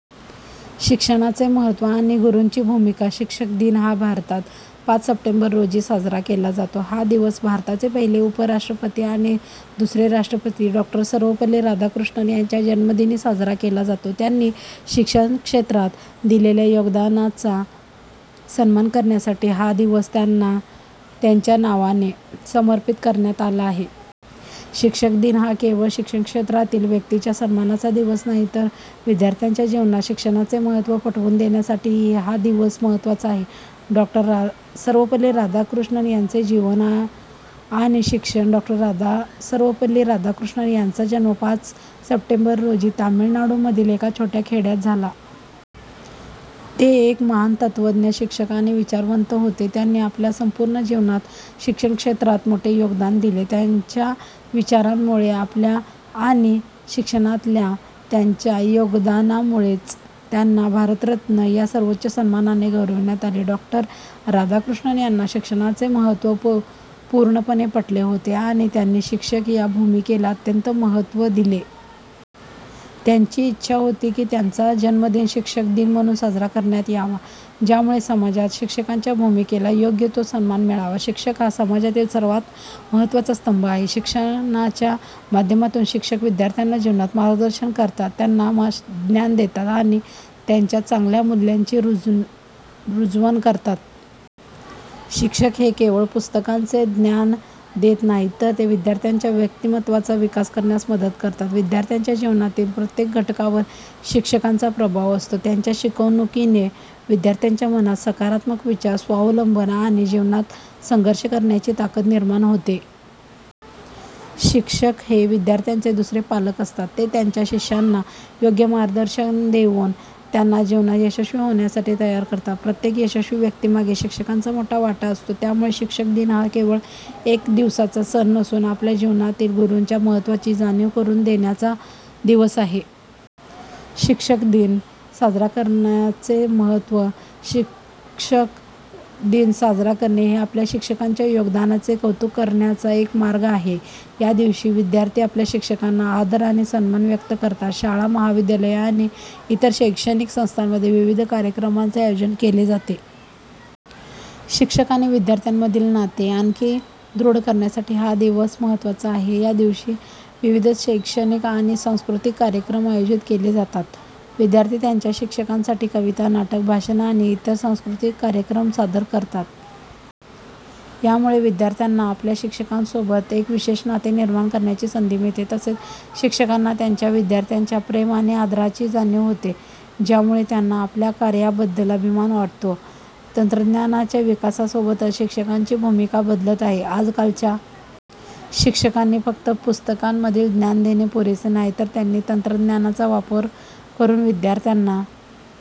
शिक्षणाचे महत्त्व आणि गुरूंची भूमिका, शिक्षक दिन हा भारतात पाच सप्टेंबर रोजी साजरा केला जातो. हा दिवस भारताचे पहिले उपराष्ट्रपती आणि दुसरे राष्ट्रपती डॉ. सर्वपल्ली राधाकृष्णन यांच्या जन्मदिनी साजरा केला जातो. त्यांनी शिक्षण क्षेत्रात दिलेल्या योगदानाचा सन्मान करण्यासाठी हा दिवस त्यांच्या नावाने समर्पित करण्यात आला आहे. शिक्षक दिन हा केवळ शिक्षण क्षेत्रातील व्यक्तींच्या सन्मानाचा दिवस नाही, तर विद्यार्थ्यांच्या जीवनात शिक्षणाचे महत्त्व पटवून देण्यासाठीही हा दिवस महत्त्वाचा आहे. डॉ. सर्वपल्ली राधाकृष्णन यांचे जीवन आणि शिक्षण, डॉ. सर्वपल्ली राधाकृष्णन यांचा जन्म पाच सप्टेंबर रोजी तमिळनाडूमधील एका छोट्या खेड्यात झाला. ते एक महान तत्त्वज्ञ, शिक्षक, आणि विचारवंत होते. त्यांनी आपल्या संपूर्ण जीवनात शिक्षण क्षेत्रात मोठे योगदान दिले. त्यांच्या विचारांमुळे आणि शिक्षणातल्या त्यांच्या योगदानामुळेच त्यांना भारतरत्न या सर्वोच्च सन्मानाने गौरविण्यात आले. डॉ. राधाकृष्णन यांना शिक्षणाचे महत्त्व पूर्णपणे पटले होते आणि त्यांनी शिक्षक या भूमिकेला अत्यंत महत्त्व दिले. त्यांची इच्छा होती की त्यांचा जन्मदिन शिक्षक दिन म्हणून साजरा करण्यात यावा, ज्यामुळे समाजात शिक्षकांच्या भूमिकेला योग्य तो सन्मान मिळावा. शिक्षक हा समाजातील सर्वात महत्त्वाचा स्तंभ आहे. शिक्षणाच्या माध्यमातून शिक्षक विद्यार्थ्यांना जीवनात मार्गदर्शन करतात, त्यांना ज्ञान देतात, आणि त्यांच्यात चांगल्या मूल्यांची रुजवण करतात. शिक्षक हे केवळ पुस्तकांचे ज्ञान देत नाहीत, तर ते विद्यार्थ्यांच्या व्यक्तिमत्त्वाचा विकास करण्यास मदत करतात. विद्यार्थ्यांच्या जीवनातील प्रत्येक घटकावर शिक्षकांचा प्रभाव असतो. त्यांच्या शिकवणुकीने विद्यार्थ्यांच्या मनात सकारात्मक विचार, स्वावलंबन, आणि जीवनात संघर्ष करण्याची ताकद निर्माण होते. शिक्षक हे विद्यार्थ्यांचे दुसरे पालक असतात. ते त्यांच्या शिष्यांना योग्य मार्गदर्शन देऊन त्यांना जीवनात यशस्वी होण्यासाठी तयार करतात. प्रत्येक यशस्वी व्यक्तीमागे शिक्षकांचा मोठा वाटा असतो. त्यामुळे शिक्षक दिन हा केवळ एक दिवसाचा सण नसून, आपल्या जीवनातील गुरूंच्या महत्त्वाची जाणीव करून देण्याचा दिवस आहे. शिक्षक दिन साजरा करण्याचे महत्त्व, शिक्षक दिन साजरा करणे हे आपल्या शिक्षकांच्या योगदानाचे कौतुक करण्याचा एक मार्ग आहे. या दिवशी विद्यार्थी आपल्या शिक्षकांना आदर आणि सन्मान व्यक्त करतात. शाळा, महाविद्यालये आणि इतर शैक्षणिक संस्थांमध्ये विविध कार्यक्रमांचे आयोजन केले जाते. शिक्षक आणि विद्यार्थ्यांमधील नाते आणखी दृढ करण्यासाठी हा दिवस महत्त्वाचा आहे. या दिवशी विविध शैक्षणिक आणि सांस्कृतिक कार्यक्रम आयोजित केले जातात. विद्यार्थी त्यांच्या शिक्षकांसाठी कविता, नाटक, भाषण, आणि इतर सांस्कृतिक कार्यक्रम सादर करतात. यामुळे विद्यार्थ्यांना आपल्या शिक्षकांसोबत एक विशेष नाते निर्माण करण्याची संधी मिळते. तसेच, शिक्षकांना त्यांच्या विद्यार्थ्यांच्या प्रेम आणि आदराची जाणीव होते, ज्यामुळे त्यांना आपल्या कार्याबद्दल अभिमान वाटतो. तंत्रज्ञानाच्या विकासासोबतच शिक्षकांची भूमिका बदलत आहे. आजकालच्या शिक्षकांनी फक्त पुस्तकांमधील ज्ञान देणे पुरेसे नाही, तर त्यांनी तंत्रज्ञानाचा वापर करून विद्यार्थ्यांना